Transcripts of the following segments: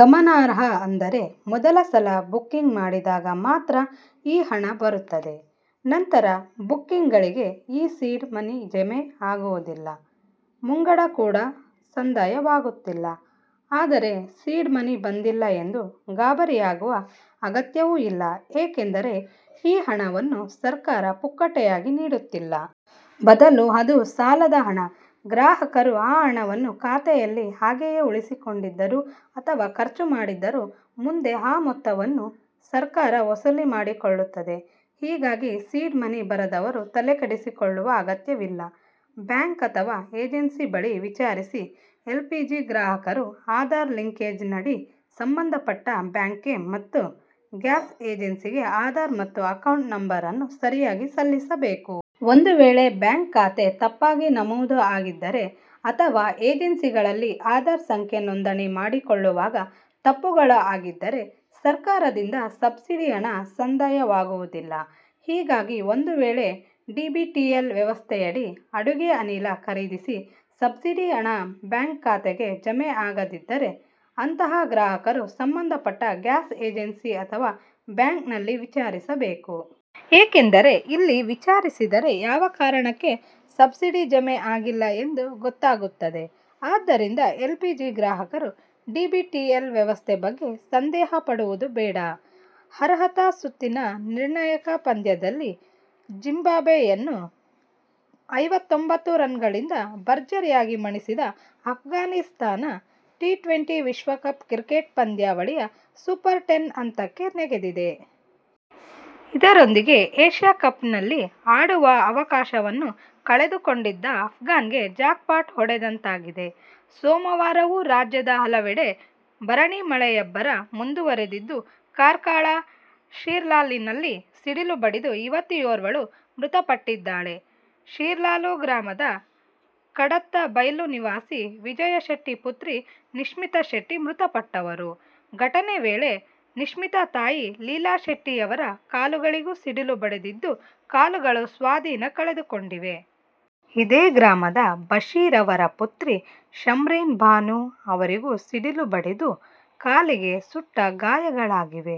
ಗಮನಾರ್ಹ ಅಂದರೆ, ಮೊದಲ ಸಲ ಬುಕ್ಕಿಂಗ್ ಮಾಡಿದಾಗ ಮಾತ್ರ ಈ ಹಣ ಬರುತ್ತದೆ. ನಂತರ ಬುಕ್ಕಿಂಗ್ಗಳಿಗೆ ಈ ಸೀಡ್ ಮನಿ ಜಮೆ ಆಗುವುದಿಲ್ಲ. ಮುಂಗಡ ಕೂಡ ಸಂದಾಯವಾಗುತ್ತಿಲ್ಲ. ಆದರೆ, ಸೀಡ್ ಮನಿ ಬಂದಿಲ್ಲ ಎಂದು ಗಾಬರಿಯಾಗುವ ಅಗತ್ಯವೂ ಇಲ್ಲ. ಏಕೆಂದರೆ, ಈ ಹಣವನ್ನು ಸರ್ಕಾರ ಪುಕ್ಕಟೆಯಾಗಿ ನೀಡುತ್ತಿಲ್ಲ. ಬದಲು ಅದು ಸಾಲದ ಹಣ. ಗ್ರಾಹಕರು ಆ ಹಣವನ್ನು ಖಾತೆಯಲ್ಲಿ ಹಾಗೆಯೇ ಉಳಿಸಿಕೊಂಡಿದ್ದರೂ ಅಥವಾ ಖರ್ಚು ಮಾಡಿದ್ದರೂ ಮುಂದೆ ಆ ಮೊತ್ತವನ್ನು ಸರ್ಕಾರ ವಸೂಲಿ ಮಾಡಿಕೊಳ್ಳುತ್ತದೆ. ಹೀಗಾಗಿ, ಸೀಡ್ ಮನಿ ಬರದವರೂ ತಲೆಕೆಡಿಸಿಕೊಳ್ಳುವ ಅಗತ್ಯವಿಲ್ಲ. ಬ್ಯಾಂಕ್ ಅಥವಾ ಏಜೆನ್ಸಿ ಬಳಿ ವಿಚಾರಿಸಿ' ಎಲ್ಪಿಜಿ ಗ್ರಾಹಕರು ಆಧಾರ್ ಲಿಂಕೇಜ್ನಡಿ ಸಂಬಂಧಪಟ್ಟ ಬ್ಯಾಂಕ್ಗೆ ಮತ್ತು ಗ್ಯಾಸ್ ಏಜೆನ್ಸಿಗೆ ಆಧಾರ್ ಮತ್ತು ಅಕೌಂಟ್ ನಂಬರ್ ಅನ್ನು ಸರಿಯಾಗಿ ಸಲ್ಲಿಸಬೇಕು. ಒಂದುವೇಳೆ, ಬ್ಯಾಂಕ್ ಖಾತೆ ತಪ್ಪಾಗಿ ನಮೂದು ಆಗಿದ್ದರೆ, ಅಥವಾ ಏಜೆನ್ಸಿಗಳಲ್ಲಿ ಆಧಾರ್ ಸಂಖ್ಯೆ ನೋಂದಣಿ ಮಾಡಿಸಿಕೊಳ್ಳುವಾಗ ತಪ್ಪುಗಳು ಆಗಿದ್ದರೆ, ಸರ್ಕಾರದಿಂದ ಸಬ್ಸಿಡಿ ಹಣ ಸಂದಾಯವಾಗುವುದಿಲ್ಲ. ಹೀಗಾಗಿ, ಒಂದುವೇಳೆ ಡಿಬಿಟಿಎಲ್ ವ್ಯವಸ್ಥೆಯಡಿ ಅಡುಗೆ ಅನಿಲ ಖರೀದಿಸಿ ಸಬ್ಸಿಡಿ ಹಣ ಬ್ಯಾಂಕ್ ಖಾತೆಗೆ ಜಮೆ ಆಗದಿದ್ದರೆ, ಅಂಥಹ ಗ್ರಾಹಕರು ಸಂಬಂಧಪಟ್ಟ ಗ್ಯಾಸ್ ಏಜೆನ್ಸಿ ಅಥವಾ ಬ್ಯಾಂಕ್ನಲ್ಲಿ ವಿಚಾರಿಸಬೇಕು. ಏಕೆಂದರೆ, ಇಲ್ಲಿ ವಿಚಾರಿಸಿದರೆ ಯಾವ ಕಾರಣಕ್ಕೆ ಸಬ್ಸಿಡಿ ಜಮೆ ಆಗಿಲ್ಲ ಎಂದು ಗೊತ್ತಾಗುತ್ತದೆ. ಆದ್ದರಿಂದ ಎಲ್ಪಿಜಿ ಗ್ರಾಹಕರು ಡಿಬಿಟಿಎಲ್ ವ್ಯವಸ್ಥೆ ಬಗ್ಗೆ ಸಂದೇಹಪಡುವುದು ಬೇಡ'. ಅರ್ಹತಾ ಸುತ್ತಿನ ನಿರ್ಣಾಯಕ ಪಂದ್ಯದಲ್ಲಿ ಜಿಂಬಾಬ್ವೆಯನ್ನು ಐವತ್ತೊಂಬತ್ತು ರನ್ನುಗಳಿಂದ ಭರ್ಜರಿಯಾಗಿ ಮಣಿಸಿದ ಅಫ್ಘಾನಿಸ್ಥಾನ ಟಿ-ಟ್ವೆಂಟಿ ವಿಶ್ವಕಪ್ ಕ್ರಿಕೆಟ್ ಪಂದ್ಯಾವಳಿಯ ಸೂಪರ್-ಟೆನ್ ಹಂತಕ್ಕೆ ನೆಗೆದಿದೆ. ಇದರೊಂದಿಗೆ "ಏಶ್ಯ ಕಪ್'ನಲ್ಲಿ ಆಡುವ ಅವಕಾಶವನ್ನು ಕಳೆದುಕೊಂಡಿದ್ದ ಅಫ್ಘಾನ್ಗೆ ಜಾಕ್ಪಾಟ್ ಹೊಡೆದಂತಾಗಿದೆ. ಸೋಮವಾರವೂ ರಾಜ್ಯದ ಹಲವೆಡೆ ಭರಣಿ ಮಳೆಯಬ್ಬರ ಮುಂದುವರೆದಿದ್ದು ಕಾರ್ಕಳ ಶಿರ್ಲಾಲಿನಲ್ಲಿ ಸಿಡಿಲು ಬಡಿದು ಯುವತಿಯೋರ್ವಳು ಮೃತಪಟ್ಟಿದ್ದಾಳೆ. ಶಿರ್ಲಾಲು ಗ್ರಾಮದ ಕಡತ್ತ ಬೈಲು ನಿವಾಸಿ ವಿಜಯ ಶೆಟ್ಟಿ ಪುತ್ರಿ ನಿಶ್ಮಿತಾ ಶೆಟ್ಟಿ ಮೃತಪಟ್ಟವರು. ಘಟನೆ ವೇಳೆ ನಿಶ್ಮಿತಾ ತಾಯಿ ಲೀಲಾ ಶೆಟ್ಟಿ ಯವರ ಕಾಲುಗಳಿಗೂ ಸಿಡಿಲು ಬಡಿದಿದ್ದು, ಕಾಲುಗಳು ಸ್ವಾಧೀನ ಕಳೆದುಕೊಂಡಿವೆ. ಇದೇ ಗ್ರಾಮದ ಬಶೀರ್ ಅವರ ಪುತ್ರಿ ಶಂರೀನ್ ಭಾನು ಅವರಿಗೂ ಸಿಡಿಲು ಬಡಿದು ಕಾಲಿಗೆ ಸುಟ್ಟ ಗಾಯಗಳಾಗಿವೆ.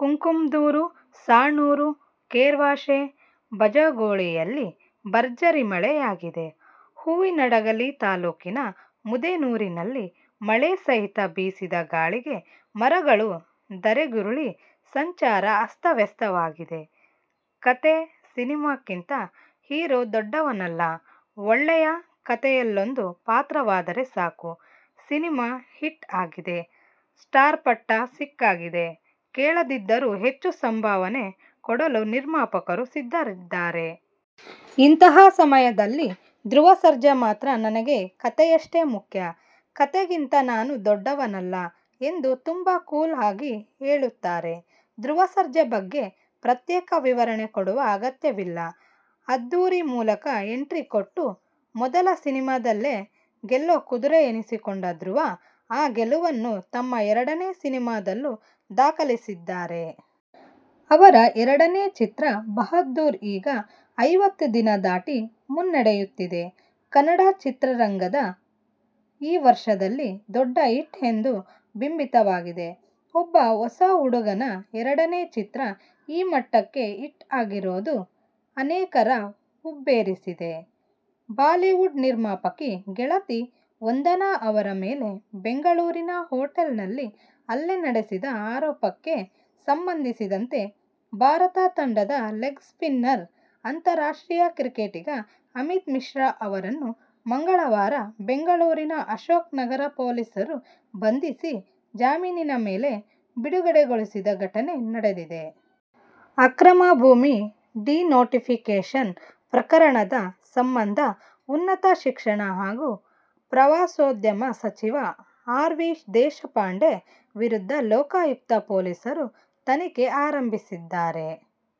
ಕುಕ್ಕುಂದೂರು, ಸಾಣೂರು, ಕೆರ್ವಾಶೆ, ಬಜಗೋಳಿಯಲ್ಲಿ ಭರ್ಜರಿ ಮಳೆಯಾಗಿದೆ. ಹೂವಿನಹಡಗಲಿ ತಾಲೂಕಿನ ಮುದೇನೂರಿನಲ್ಲಿ ಮಳೆ ಸಹಿತ ಬೀಸಿದ ಗಾಳಿಗೆ ಮರಗಳು ಧರೆಗುರುಳಿ ಸಂಚಾರ ಅಸ್ತವ್ಯಸ್ತವಾಗಿದೆ. "ಕಥೆ, ಸಿನಿಮಾಕ್ಕಿಂತ ಹೀರೋ ದೊಡ್ಡವನಲ್ಲ, ಒಳ್ಳೆಯ ಕಥೆಯಲ್ಲೊಂದು ಪಾತ್ರವಾದರೆ ಸಾಕು ' ಸಿನಿಮಾ ಹಿಟ್ ಆಗಿದೆ, ಸ್ಟಾರ್ಪಟ್ಟ ಸಿಕ್ಕಾಗಿದೆ, ಕೇಳದಿದ್ದರೂ ಹೆಚ್ಚು ಸಂಭಾವನೆ ಕೊಡಲು ನಿರ್ಮಾಪಕರು ಸಿದ್ಧರಿದ್ದಾರೆ. ಇಂತಹ ಸಮಯದಲ್ಲಿ ಧ್ರುವ ಸರ್ಜಾ ಮಾತ್ರ ನನಗೆ ಕಥೆಯಷ್ಟೇ ಮುಖ್ಯ, ಕಥೆಗಿಂತ ನಾನು ದೊಡ್ಡವನಲ್ಲ ಎಂದು ತುಂಬಾ ಕೂಲ್ ಆಗಿ ಹೇಳುತ್ತಾರೆ. ಧ್ರುವ ಸರ್ಜಾ ಬಗ್ಗೆ ಪ್ರತ್ಯೇಕ ವಿವರಣೆ ಕೊಡುವ ಅಗತ್ಯವಿಲ್ಲ. "ಅದ್ಧೂರಿ' ಮೂಲಕ ಎಂಟ್ರಿ ಕೊಟ್ಟು ಮೊದಲ ಸಿನಿಮಾದಲ್ಲೇ ಗೆಲ್ಲೋ ಕುದುರೆ ಎನಿಸಿಕೊಂಡ ಧ್ರುವ, ಆ ಗೆಲುವನ್ನು ತಮ್ಮ ಎರಡನೇ ಸಿನಿಮಾದಲ್ಲೂ ದಾಖಲಿಸಿದ್ದಾರೆ. ಅವರ ಎರಡನೇ ಚಿತ್ರ "ಬಹದ್ದೂರ್' ಈಗ ಐವತ್ತು ದಿನ ದಾಟಿ ಮುನ್ನಡೆಯುತ್ತಿದೆ. ಕನ್ನಡ ಚಿತ್ರರಂಗದ ಈ ವರ್ಷದಲ್ಲಿ ದೊಡ್ಡ ಹಿಟ್ ಎಂದು ಬಿಂಬಿತವಾಗಿದೆ. ಒಬ್ಬ ಹೊಸ ಹುಡುಗನ ಎರಡನೇ ಚಿತ್ರ ಈ ಮಟ್ಟಕ್ಕೆ ಹಿಟ್ ಆಗಿರೋದು ಅನೇಕರ ಹುಬ್ಬೇರಿಸಿದೆ. ಬಾಲಿವುಡ್ ನಿರ್ಮಾಪಕಿ, ಗೆಳತಿ ವಂದನಾ ಅವರ ಮೇಲೆ ಬೆಂಗಳೂರಿನ ಹೋಟೆಲ್ ನಲ್ಲಿ ಹಲ್ಲೆ ನಡೆಸಿದ ಆರೋಪಕ್ಕೆ ಸಂಬಂಧಿಸಿದಂತೆ ಭಾರತ ತಂಡದ ಲೆಗ್ ಸ್ಪಿನ್ನರ್, ಅಂತಾರಾಷ್ಟ್ರೀಯ ಕ್ರಿಕೆಟಿಗ ಅಮಿತ್ ಮಿಶ್ರಾ ಅವರನ್ನು ಮಂಗಳವಾರ ಬೆಂಗಳೂರಿನ ಅಶೋಕ್ ನಗರ ಪೊಲೀಸರು ಬಂಧಿಸಿ, ಜಾಮೀನಿನ ಮೇಲೆ ಬಿಡುಗಡೆಗೊಳಿಸಿದ ಘಟನೆ ನಡೆದಿದೆ. ಅಕ್ರಮ ಭೂಮಿ ಡಿ-ನೋಟಿಫಿಕೇಶನ್ ಪ್ರಕರಣದ ಸಂಬಂಧ ಉನ್ನತ ಶಿಕ್ಷಣ ಹಾಗೂ ಪ್ರವಾಸೋದ್ಯಮ ಸಚಿವ ಆರ್. ವಿ. ದೇಶಪಾಂಡೆ ವಿರುದ್ಧ ಲೋಕಾಯುಕ್ತ ಪೊಲೀಸರು ತನಿಖೆ ಆರಂಭಿಸಿದ್ದಾರೆ.